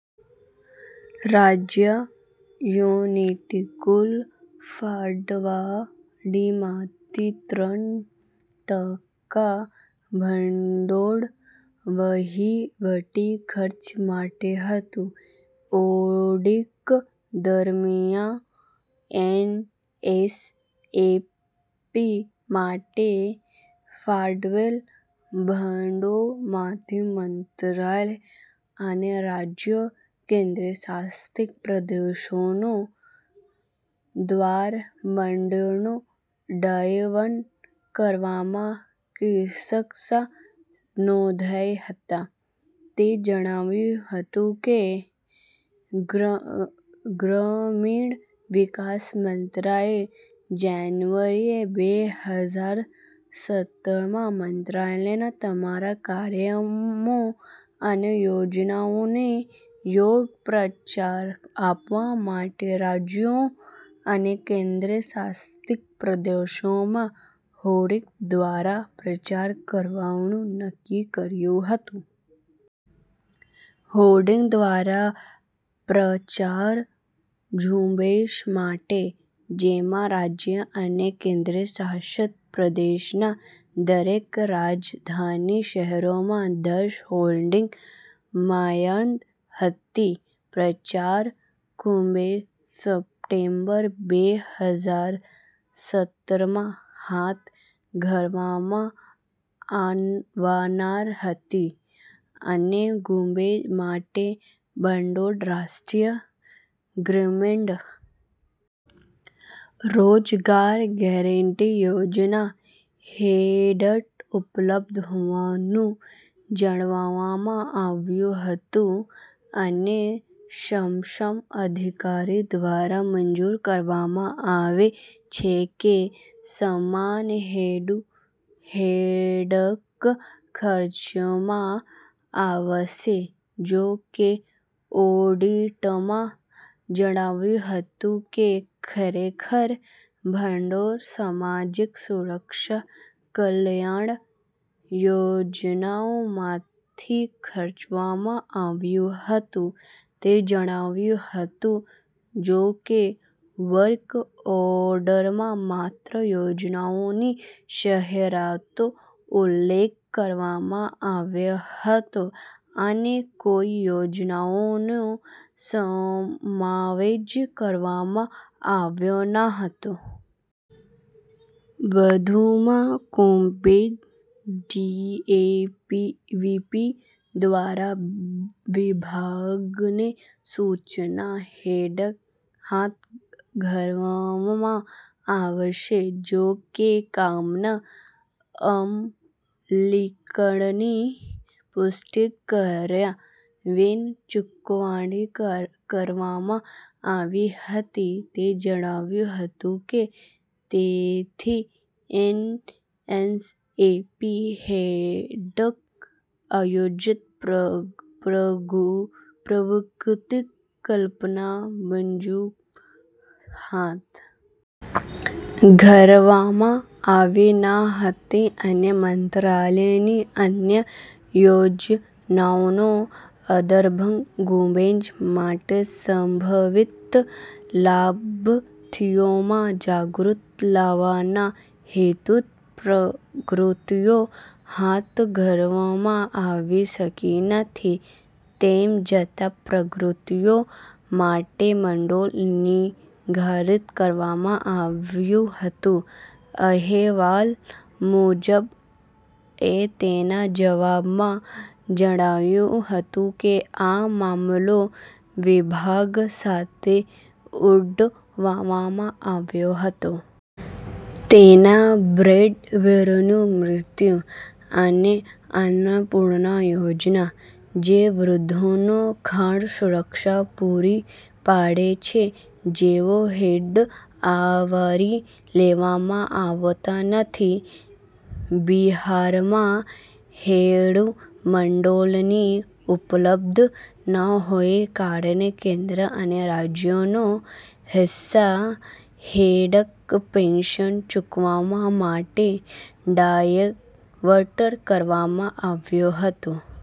રાજ્ય/યુટીને કુલ ફાળવણીમાંથી ત્રણ ટકા ભંડોળ વહીવટી ખર્ચ માટે હતું. ઓડિટ દરમિયાન, એનએસએપી માટે ફાળવેલ ભંડોળમાંથી મંત્રાલય અને રાજ્યો/ કેન્દ્રશાસિત પ્રદેશો દ્વારા ભંડોળને ડાયવર્ઝન કરવાના કિસ્સા નોંધાયા હતા," તે જણાવ્યું હતું કે "ગ્રામીણ વિકાસ મંત્રાલયે જાન્યુઆરી બે હજાર સત્તરમાં મંત્રાલયના તમામ કાર્યક્રમો અને યોજનાઓને યોગ્ય પ્રચાર આપવા માટે રાજ્યો અને કેન્દ્રશાસિત પ્રદેશોમાં હોર્ડિંગ્સ દ્વારા પ્રચાર કરવાનું નક્કી કર્યું હતું. હોર્ડિંગ્સ દ્વારા પ્રચાર ઝુંબેશ માટે, જેમાં રાજ્ય અને કેન્દ્રશાસિત પ્રદેશના દરેક રાજધાની શહેરમાં દસ હોર્ડિંગ્સની મર્યાદા હતી. પ્રચાર ઝુંબેશ સપ્ટેમ્બર બે હજાર સત્તરમાં હાથ ધરવામાં આવનાર હતી. આ ઝુંબેશ માટેના ભંડોળ રાષ્ટ્રીય ગ્રામીણ રોજગાર ગેરંટી યોજના હેઠળ ઉપલબ્ધ હોવાનું જણાવવામાં આવ્યું હતું અને સક્ષમ અધિકારી દ્વારા મંજૂર કરવામાં આવે છે જે સમાન હેડ હેઠળ ખર્ચવામાં આવશે; જો કે, ઓડિટમાં જણાયું હતું કે ખરેખર ભંડોળ સામાજિક સુરક્ષા કલ્યાણ- યોજનાઓમાંથી ખર્ચવામાં આવ્યું હતું," તે જણાવ્યું હતું "જો કે, વર્ક ઓર્ડરમાં માત્ર યોજનાઓની જાહેરાતનો ઉલ્લેખ કરવામાં આવ્યો હતો અને કોઈ યોજનાઓનો સમાવેશ કરવામાં આવ્યો ન હતો. વધુમાં, ઝુંબેશ ડીએવીપી દ્વારા વિભાગને સૂચના હેઠળ હાથ ધરવામાં આવશે; જો કે, કામના અમલીકરણની પુષ્ટિ કર્યા વિના ચૂકવણી કરવામાં આવી હતી," તે જણાવ્યું હતું કે "તેથી, એનએસએપી હેઠળ આયોજિત પ્રવૃત્તિઓ કલ્પના મુજબ હાથ ધરવામાં આવી ન હતી અને મંત્રાલયની અન્ય યોજનાઓના સંદર્ભમાં ઝુંબેશ માટે સંભવિત લાભાર્થીઓમાં જાગૃતિ લાવવાના હેતુથી પ્રવૃત્તિઓ હાથ ધરવામાં આવી શકી નથી તેમ છતાં પ્રવૃત્તિઓ માટે ભંડોળ નિર્ધારિત કરવામાં આવ્યું હતું," અહેવાલ મુજબ, એ તેના જવાબમાં જણાવ્યું હતું કે આ મામલો વિભાગ સાથે ઉઠાવવામાં આવ્યો હતો. તેના બ્રેડવિનરનું મૃત્યુ, અને અન્નપૂર્ણા યોજના, જે વૃદ્ધોને ખાદ્ય સુરક્ષા પૂરી પાડે છે જેઓ હેઠળ આવરી લેવામાં આવતા નથી. બિહારમાં હેઠળ ભંડોળની ઉપલબ્ધતા ન હોવાને કારણે કેન્દ્ર અને રાજ્યનો હિસ્સા હેઠળ પેન્શન ચૂકવવા માટે ડાયવર્ટ કરવામાં આવ્યો હતો.